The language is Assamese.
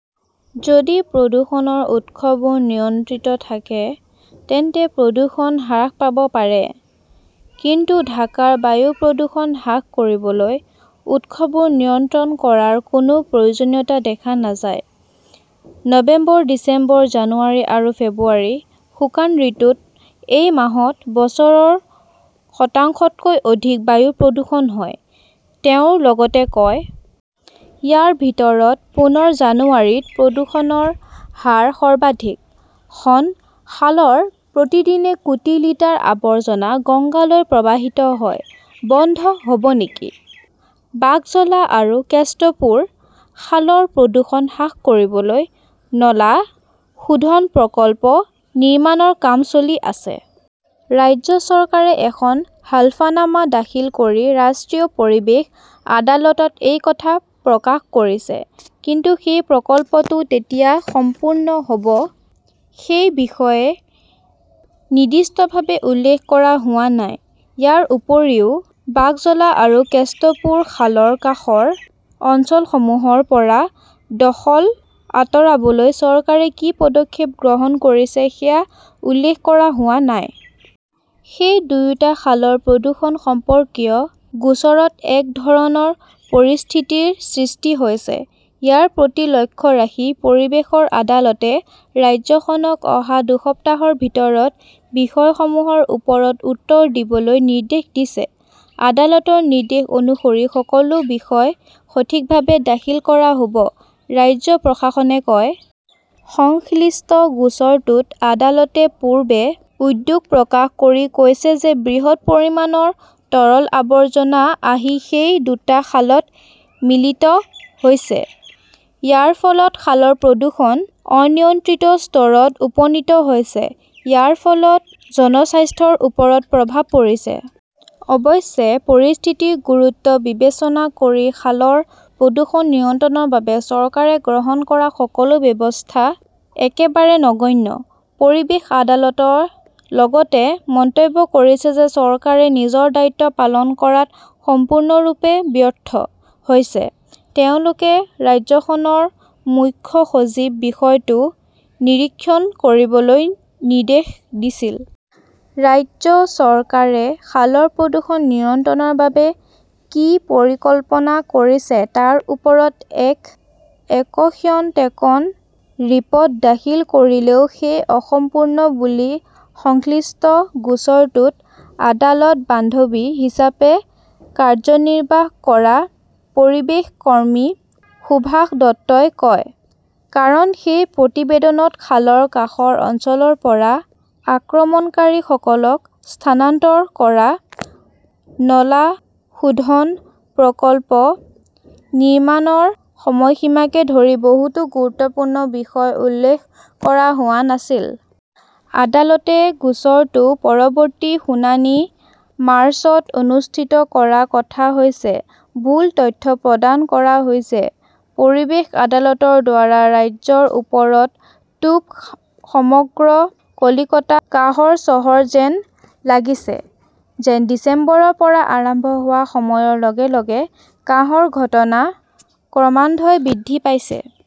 যদি প্ৰদূষণৰ উৎসবোৰ নিয়ন্ত্ৰণত থাকে, তেন্তে প্ৰদূষণ হ্ৰাস পাব পাৰে। কিন্তু ঢাকাৰ বায়ু প্ৰদূষণ হ্ৰাস কৰিবলৈ উৎসবোৰ নিয়ন্ত্ৰণ কৰাৰ কোনো প্ৰয়োজনীয়তা দেখা নাযায়। "নৱেম্বৰ, ডিচেম্বৰ, জানুৱাৰী আৰু ফেব্ৰুৱাৰী-শুকান ঋতুৰ এই মাহত বছৰৰ শতাংশতকৈ অধিক বায়ু প্ৰদূষণ হয়", তেওঁ লগতে কয়। ইয়াৰ ভিতৰত পুনৰ জানুৱাৰীত প্ৰদূষণৰ হাৰ সৰ্বাধিক। "। খন খালৰ প্ৰতিদিনে কোটি লিটাৰ আৱৰ্জনা গংগালৈ প্ৰৱাহিত হয়, বন্ধ হ 'ব নেকি বাগজোলা আৰু কেষ্টপুৰ খালৰ প্ৰদূষণ হ্ৰাস কৰিবলৈ নলা শোধন প্ৰকল্প নিৰ্মাণৰ কাম চলি আছে। ৰাজ্য চৰকাৰে এখন হলফনামা দাখিল কৰি ৰাষ্ট্ৰীয় পৰিৱেশ আদালতত এই কথা প্ৰকাশ কৰিছে। কিন্তু সেই প্ৰকল্পটো কেতিয়া সম্পূৰ্ণ হ "ব সেই বিষয়ে নিৰ্দিষ্টভাৱে উল্লেখ কৰা হোৱা নাই। ইয়াৰ উপৰিও, বাগজোলা আৰু কেষ্টপুৰ খালৰ কাষৰ অঞ্চলসমূহৰ পৰা দখল আঁতৰাবলৈ চৰকাৰে কি পদক্ষেপ গ্ৰহণ কৰিছে সেয়া উল্লেখ কৰা হোৱা নাই। সেই দুয়োটা খালৰ প্ৰদূষণ সম্পৰ্কীয় গোচৰত একে ধৰণৰ পৰিস্থিতিৰ সৃষ্টি হৈছে। ইয়াৰ প্ৰতি লক্ষ্য ৰাখি পৰিৱেশ আদালতে ৰাজ্যখনক অহা দুসপ্তাহৰ ভিতৰত বিষয়সমূহৰ ওপৰত উত্তৰ দিবলৈ নিৰ্দেশ দিছে। আদালতৰ নিৰ্দেশ অনুসৰি সকলো বিষয় সঠিকভাৱে দাখিল কৰা হ "ব", ৰাজ্য প্ৰশাসনে কয়। সংশ্লিষ্ট গোচৰটোত আদালতে পূৰ্বে উদ্বেগ প্ৰকাশ কৰি কৈছিল যে বৃহৎ পৰিমাণৰ তৰল আৱৰ্জনা আহি সেই দুটা খালত মিহলি হৈছে। ইয়াৰ ফলত খালৰ প্ৰদূষণ অনিয়ন্ত্ৰিত স্তৰত উপনীত হৈছে। ইয়াৰ ফলত জনস্বাস্থ্যৰ ওপৰত প্ৰভাৱ পৰিছে। অৱশ্যে, পৰিস্থিতিৰ গুৰুত্ব বিবেচনা কৰি খালৰ প্ৰদূষণ নিয়ন্ত্ৰণৰ বাবে চৰকাৰে গ্ৰহণ কৰা সকলো ব্যৱস্থা একেবাৰে নগণ্য। পৰিৱেশ আদালতে লগতে মন্তব্য কৰিছিল যে চৰকাৰে নিজৰ দায়িত্ব পালন কৰাত সম্পূৰ্ণৰূপে ব্যৰ্থ হৈছে। তেওঁলোকে ৰাজ্যখনৰ মুখ্য সচিবক বিষয়টো নিৰীক্ষণ কৰিবলৈ নিৰ্দেশ দিছিল। ৰাজ্য চৰকাৰে খালৰ প্ৰদূষণ নিয়ন্ত্ৰণৰ বাবে কি পৰিকল্পনা কৰিছে তাৰ ওপৰত এক 'একশ্যন টেকন ৰিপ "ৰ্ট" দাখিল কৰিলেও সেয়া অসম্পূৰ্ণ বুলি সংশ্লিষ্ট গোচৰটোত আদালত-বান্ধৱী হিচাপে কাৰ্যনিৰ্বাহ কৰা পৰিৱেশ কৰ্মী সুভাষ দত্তই কয়। কাৰণ, সেই প্ৰতিবেদনত খালৰ কাষৰ অঞ্চলৰ পৰা আক্ৰমণকাৰীসকলক স্থানান্তৰ কৰা, নলা শোধন প্ৰকল্প নিৰ্মাণৰ সময়সীমাকে ধৰি বহুতো গুৰুত্বপূৰ্ণ বিষয় উল্লেখ কৰা হোৱা নাছিল। আদালতে গোচৰটোৰ পৰৱৰ্তী শুনানি মাৰ্চত অনুষ্ঠিত কৰাৰ কথা আছে। ভুল তথ্য প্ৰদান কৰা হৈছে, পৰিৱেশ আদালতৰ দ্বাৰা ৰাজ্যখনৰ ওপৰত 'তোপ' সমগ্ৰ কলকাতাটো কাহৰ চহৰ যেন লাগিছে! যোৱা ডিচেম্বৰৰ পৰা আৰম্ভ হোৱা সময়ৰ লগে লগে কাহৰ ঘটনা ক্ৰমান্বয়ে বৃদ্ধি পাইছে।